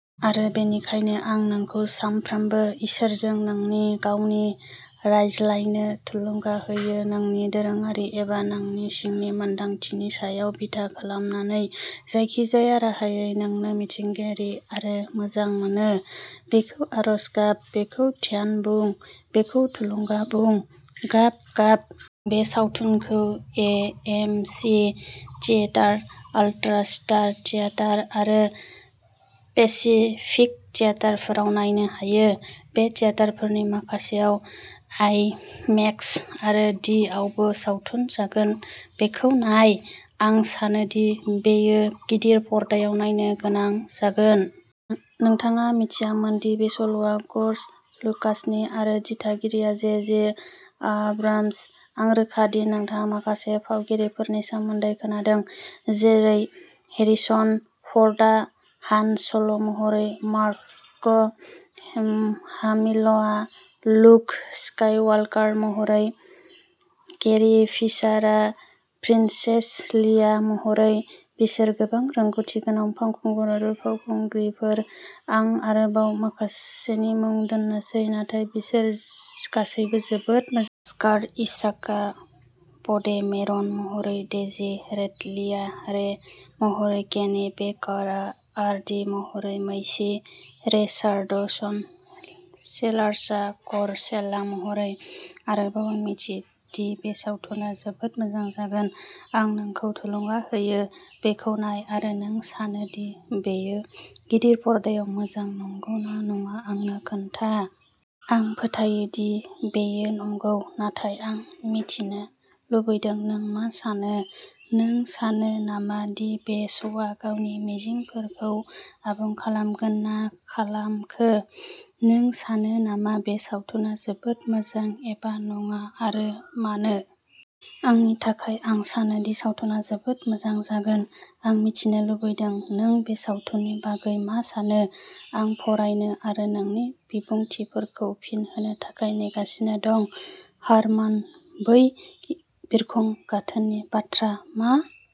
आरो बेनिखायनो, आं नोंखौ सानफ्रोमबो इसोरजों नोंनि गावनि रायज्लायनो थुलुंगा होयो, नोंनि दोरोङारि एबा नोंनि सिंनि मोनदांथिनि सायाव बिथा खालामनानै, जायखिजाया राहायै नोंनो मिथिंगायारि आरो मोजां मोनो। बेखौ आरज गाब, बेखौ ध्यान बुं, बेखौ थुलुंगा बुं, गाब गाब। बे सावथुनखौ A. M. C. Theatre, ultra star theatre आरो पेसिफिक थियेटारफोराव नायनो हायो। बे थियेटारफोरनि माखासेयाव आइमेक्स आरो डीआवबो सावथुन जागोन, बेखौ नाय! आं सानो दि बेयो गिदिर पर्दायाव नायनो गोनां जागोन। नोंथाङा मिथियामोन दि बे सल'आ ग'र्ज लुकासनि आरो दिथागिरिया जे. जे. आब्राम्स। आं रोखा दि नोंथाङा माखासे फावगिरिफोरनि सोमोन्दै खोनादों जेरै हेरिसन फ'र्डआ हान सल'महरै, मार्क हामिलआ लुक स्काइवाल्कार महरै, केरी फिशारआ प्रिन्सेस लिया महरै, बिसोर गोबां रोंग'थि गोनां फावखुंगुर आरो फावखुंग्रिफोर, आं आरोबाव माखासेनि मुं दोन्नोसै नाथाय बिसोर गासैबो जोबोद मोजां। अस्कार इसाकआ प'डेमेरन महरै, डेजी रिडलेया रे महरै, केनी बेकारआ आर डी महरै, मैसी रिचार्डसन सेलार्सआ कर सेल्ला महरै। आरोबाव, आं मिथियो दि बे सावथुना जोबोद मोजां जागोन। आं नोंखौ थुलुंगा होयो। बेखौ नाय आरो नों सानो दि बेयो गिदिर पर्दायाव मोजां नंगौ ना नङा आंनो खोन्था? आं फोथायो दि बेयो नंगौ, नाथाय आं मिथिनो लुबैदों नों मा सानो। नों सानो नामा दि बे श'आ गावनि मिजिंफोरखौ आबुं खालामगोन ना खालामखो? नों सानो नामा बे सावथुना जोबोद मोजां एबा नङा आरो मानो? आंनि थाखाय आं सानो दि सावथुना जोबोद मोजां जागोन। आं मिथिनो लुबैदों नों बे सावथुननि बागै मा सानो। आं फरायनो आरो नोंनि बिबुंथिफोरखौ फिन होनो थाखाय नेगासिनो दं। हारमानः बै बिरखं गाथोननि बाथ्रा मा?